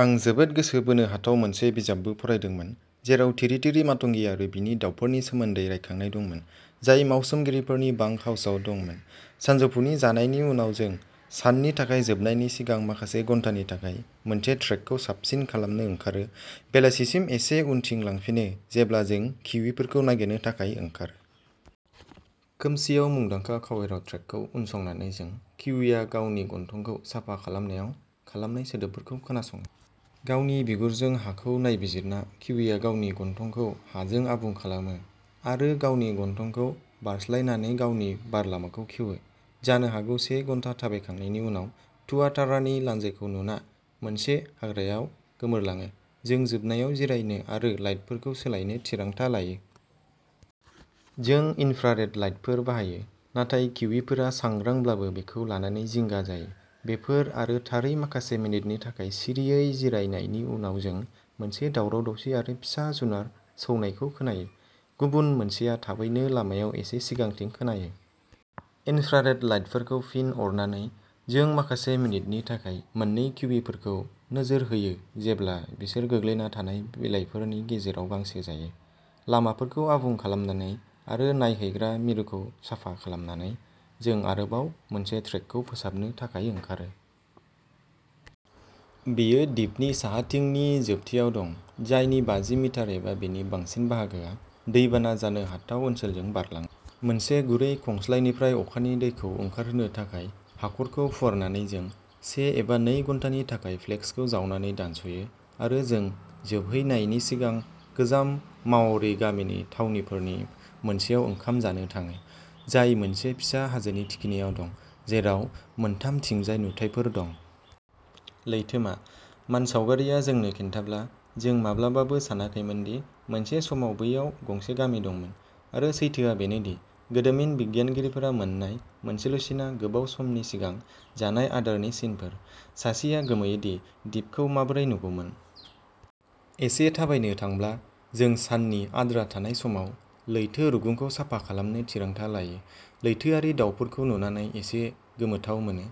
आं जोबोद गोसो बोनो हाथाव मोनसे बिजाबबो फरायदोंमोन, जेराव तिरितिरि मातंगि आरो बिनि दाउफोरनि सोमोन्दै रायखांनाय दंमोन, जाय मावसोमगिरिफोरनि बांकहाउसाव दंमोन। सानजौफुनि जानायनि उनाव जों साननि थाखाय जोबनायनि सिगां माखासे घन्टानि थाखाय मोनसे ट्रेकखौ साबसिन खालामनो ओंखारो, बेलासिसिम एसे उनथिं लांफिनो, जेब्ला जों किवीफोरखौ नागिरनो थाखाय ओंखारो। खोमसिआव मुंदांखा कावेराव ट्रेकखौ उनसंनानै जों किवीया गावनि गन्थंखौ साफा खालामनायाव खालामनाय सोदोबफोरखौ खोनासङो। गावनि बिगुरजों हाखौ नायबिजिरना, किवीया गावनि गन्थंखौ हाजों आबुं खालामो, आरो गावनि गन्थंखौ बारस्लायनानै गावनि बारलामाखौ खेवो। जानो हागौ से घन्टा थाबायखांनायनि उनाव, तुआतारानि लानजायखौ नुना, मोनसे हाग्राआव गोमोरलाङो, जों जोबनायाव जिरायनो आरो लाइटफोरखौ सोलायनो थिरांथा लायो। जों इन्फ्रारेड लाइटफोर बाहायो, नाथाय किवीफोरा सांग्रांब्लाबो बेखौ लानानै जिंगा जायो। बेफोर आरो थारै माखासे मिनिटनि थाखाय सिरियै जिरायनायनि उनाव जों मोनसे दावराव-दावसि आरो फिसा जुनार सौनायखौ खोनायो। गुबुन मोनसेआ थाबैनो लामायाव एसे सिगांथिं खोनायो। इनफ्रारेड लाइटफोरखौ फिन अरनानै, जों माखासे मिनिटनि थाखाय मोन्नै किवीफोरखौ नोजोर होयो जेब्ला बिसोरो गोग्लैना थानाय बिलाइफोरनि गेजेराव गांसो जायो। लामाफोरखौ आबुं खालामनानै आरो नायहैग्रा मिरुखौ साफा खालामनानै, जों आरोबाव मोनसे ट्रेकखौ फोसाबनो थाखाय ओंखारो। बेयो दिपनि साहाथिंनि जोबथियाव दं, जायनि बाजि मिटार एबा बेनि बांसिन बाहागोआ दैबाना जानो हाथाव ओनसोलजों बारलाङो। मोनसे गुरै खंस्लायनिफ्राय अखानि दैखौ ओंखारहोनो थाखाय हाखरखौ फुवारनानै जों से एबा नै घन्टानि थाखाय फ्लेक्सखौ जावनानै दानस'यो आरो जों जोबहैनायनि सिगां गोजाम माव'रि गामिनि थावनिफोरनि मोनसेयाव ओंखाम जानो थाङो, जाय मोनसे फिसा हाजोनि थिखिनियाव दं, जेराव मोनथामथिंजाय नुथायफोर दं। लैथोमा। मानसावगारिआ जोंनो खिन्थाब्ला, जों माब्लाबाबो सानाखैमोनदि मोनसे समाव बैयाव गंसे गामि दंमोन आरो सैथोआ बेनो दि गोदोमिन बिगियानगिरिफोरा मोन्नाय मोनसेल'सिनआ गोबाव समनि सिगां जानाय आदारनि सिनफोर। सासेआ गोमोयो दि दिपखौ माबोरै नुगौमोन। एसे थाबायनो थांब्ला जों साननि आद्रा थानाय समाव लैथो रुगुंखौ साफा खालामनो थिरांथा लायो। लैथोआरि दावफोरखौ नुनानै एसे गोमोथाव मोनो,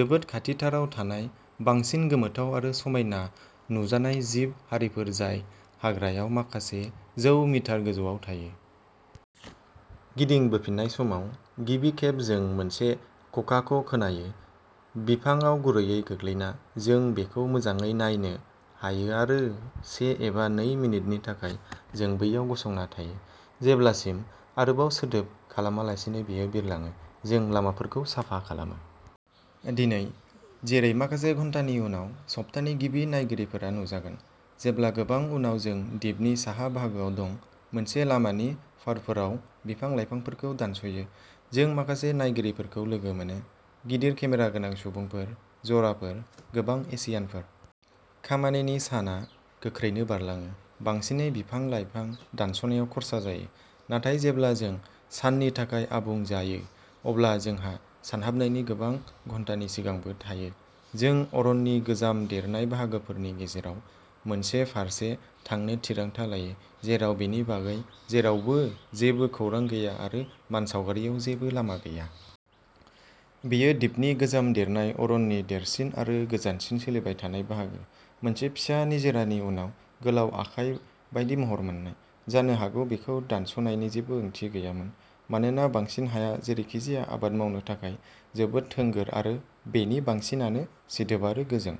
जोबोद खाथिथाराव थानाय बांसिन गोमोथाव आरो समायना नुजानाय जिब हारिफोर जाय हाग्रायाव माखासे जौ मिटार गोजौआव थायो। गिदिंबोफिननाय समाव, गिबि खेब जों मोनसे ककाक'खोनायो। बिफांआव गुरैयै गोग्लैना, जों बेखौ मोजाङै नायनो हायो आरो से एबा नै मिनिटनि थाखाय जों बैयाव गसंना थायो, जेब्लासिम-आरोबाव सोदोब खालामालासे-बेयो बिरलाङो। जों लामाफोरखौ साफा खालामो। दिनै, जेरै माखासे घन्टानि उनाव सप्तानि गिबि नायगिरिफोरा नुजागोन। जेब्ला गोबां उनाव जों दिपनि साहा बाहागोआव दं, मोनसे लामानि फारफोराव बिफां-लाइफांफोरखौ दानस'यो, जों माखासे नायगिरिफोरखौ लोगो मोनो। गिदिर केमेरा गोनां सुबुंफोर। जराफोर। गोबां एशियानफोर। खामानिनि साना गोख्रैनो बारलाङो, बांसिनै बिफां-लाइफां दानस'नायाव खर्सा जायो, नाथाय जेब्ला जों साननि थाखाय आबुं जायो, अब्ला जोंहा सानहाबनायनि गोबां घन्टा सिगांबो थायो। जों अरननि गोजाम देरनाय बाहागोफोरनि गेजेराव मोनसे फारसे थांनो थिरांथा लायो, जेराव बेनि बागै जेरावबो जेबो खौरां गैया आरो मानसावगारियाव जेबो लामा गैया। बेयो दिपनि गोजाम देरनाय अरननि देरसिन आरो गोजानसिन सोलिबाय थानाय बाहागो, मोनसे फिसा निजोरानि उनाव गोलाव आखाइ बायदि महर मोननाय। जानो हागौ बेखौ दानस'नायनि जेबो ओंथि गैयामोन, मानोना बांसिन हाया जेरैखिजाया आबाद मावनो थाखाय जोबोद थोंगोर आरो बेनि बांसिनानो सिदोब आरो गोजों।